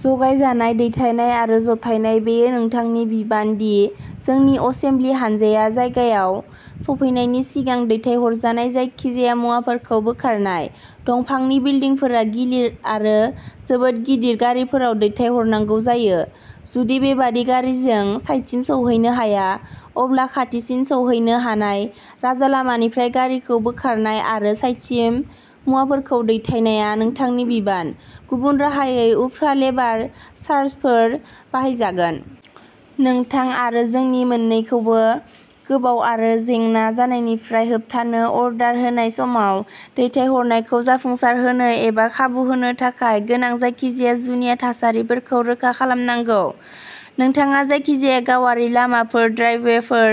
जगायजानाय दैथायनाय आरो जथायनाय बेयो नोंथांनि बिबान दि जोंनि असेम्बलि हान्जाया जायगायाव सफैनायनि सिगां दैथायहरजानाय जायखिजाया मुवाफोरखौ बोखारनाय। दंफांनि बिल्दिंफोरा गिलिर आरो जोबोद गिदिर गारिफोराव दैथायहरनांगौ जायो। जुदि बेबादि गारिजों साइटसिम सौहैनो हाया, अब्ला खाथिसिन सौहैनो हानाय राजालामानिफ्राय गारिखौ बोखारनाय आरो साइटसिम मुवाफोरखौ दैथायनाया नोंथांनि बिबान, गुबुन राहायै उफ्रा लेबार चार्जफोर बाहायजागोन। नोंथां आरो जोंनि मोननैखौबो गोबाव आरो जेंना जानायनिफ्राय होबथानो अर्डार होनाय समाव दैथायहरनायखौ जाफुंसारहोनो एबा खाबु होनो थाखाय गोनां जायखिजाया जुनिया थासारिफोरखौ रोखा खालामनांगौ। नोंथाङा जायखिजाया गावारि लामाफोर, ड्राइभवेफोर,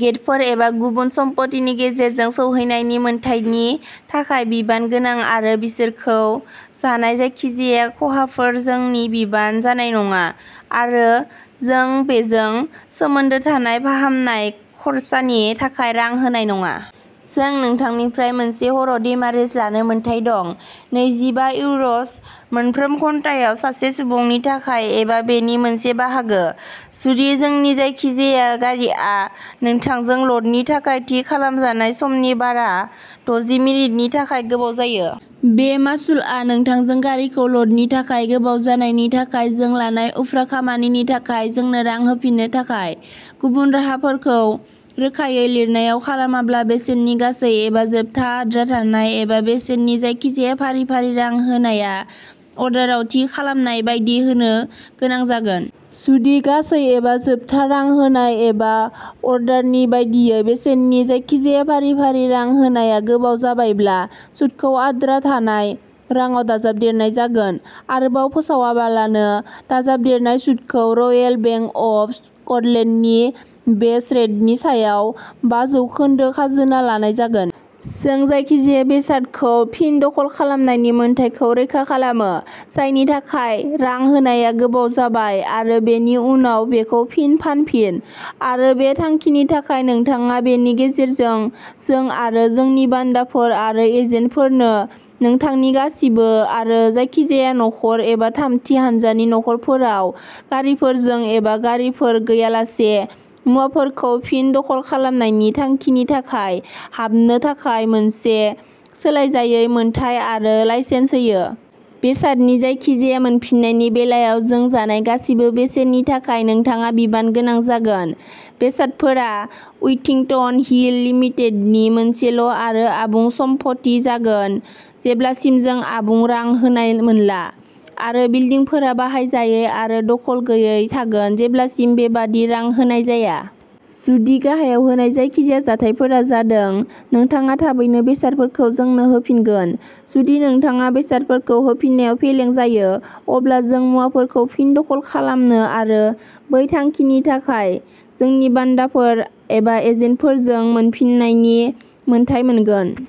गेटफोर एबा गुबुन सम्पथिनि गेजेरजों सौहैनायनि मोनथायनि थाखाय बिबान गोनां आरो बिसोरखौ जानाय जायखिजाया खहाफोरा जोंनि बिबान जानाय नङा आरो जों बेजों सोमोन्दो थानाय फाहामनाय खरसानि थाखाय रां होनाय नङा। जों नोंथांनिफ्राय मोनसे हाराव डेमारेज लानो मोन्थाइ दं। नैजिबा इउर’स मोनफ्रोम घन्टायाव सासे सुबुंनि थाखाय, एबा बेनि मोनसे बाहागो, जुदि जोंनि जायखिजाया गारिआ नोंथांजों लदनि थाखाय थि खालामजानाय समनि बारा दजि मिनिटनि थाखाय गोबाव जायो। बे मासुलआ नोंथांजों गारिखौ लदनि थाखाय गोबाव जानायनि थाखाय जों लानाय उफ्रा खरसानि थाखाय जोंनो रां होफिननो थाखाय। गुबुन राहाफोरखौ रोखायै लिरनायाव खालामाब्ला, बेसेननि गासै एबा जोबथा आद्रा थानाय एबा बेसेननि जायखिजाया फारि-फारि रां होनाया अर्डाराव थि खालामनाय बायदि होनो गोनां जागोन। जुदि गासै एबा जोबथा रां होनाय एबा अर्डारनि बायदियै बेसेननि जायखिजाया फारि-फारि रां होनाया गोबाव जाबायब्ला, सुदखौ आद्रा थानाय राङाव दाजाबदेरनाय जागोन, आरोबाव फोसावालाबानो। दाजाबदेरनाय सुतखौ रयेल बेंक अफ स्कटलेन्डनि बेस रेटनि सायाव बा जौखोनदो खाजोना लानाय जागोन। जों जायखिजाया बेसादखौ फिन दखल खालामनायनि मोन्थाइखौ रैखा खालामो, जायनि थाखाय रां होनाया गोबाव जाबाय आरो बेनि उनाव बेखौ फिन फानफिन आरो बे थांखिनि थाखाय नोंथाङा बेनि गेजेरजों जों आरो जोंनि बान्दाफोर आरो एजेन्टफोरनो नोंथांनि गासिबो आरो जायखिजाया न'खर एबा थामथि हान्जानि न'खरफोराव, गारिफोरजों एबा गारिफोर गैयालासे, मुवाफोरखौ फिन दखल खालामनायनि थांखिनि थाखाय हाबनो थाखाय मोनसे सोलायजायै मोन्थाइ आरो लाइसेन्स होयो। बेसादनि जायखिजाया मोनफिननायनि बेलायाव जों जानाय गासिबो बेसेननि थाखाय नोंथाङा बिबान गोनां जागोन। बेसादफोरा उइथिंटन हिल लिमिटेडनि मोनसेल'आरो आबुं सम्पथि जागोन जेब्लासिम जों आबुं रां होनाय मोनला आरो बिल्दिंफोरा बाहायजायै आरो दखल गैयै थागोन जेब्लासिम बेबादि रां होनाय जाया। जुदि गाहायाव होनाय जायखिजाया जाथायफोरा जादों। नोंथाङा थाबैनो बेसादफोरखौ जोंनो होफिनगोन। जुदि नोंथाङा बेसादफोरखौ होफिननायाव फेलें जायो, अब्ला जों मुवाफोरखौ फिन दखल खालामनो आरो बै थांखिनि थाखाय, जोंनि बान्दाफोर एबा एजेन्टफोरजों, मोनफिननायनि मोनथाय मोनगोन।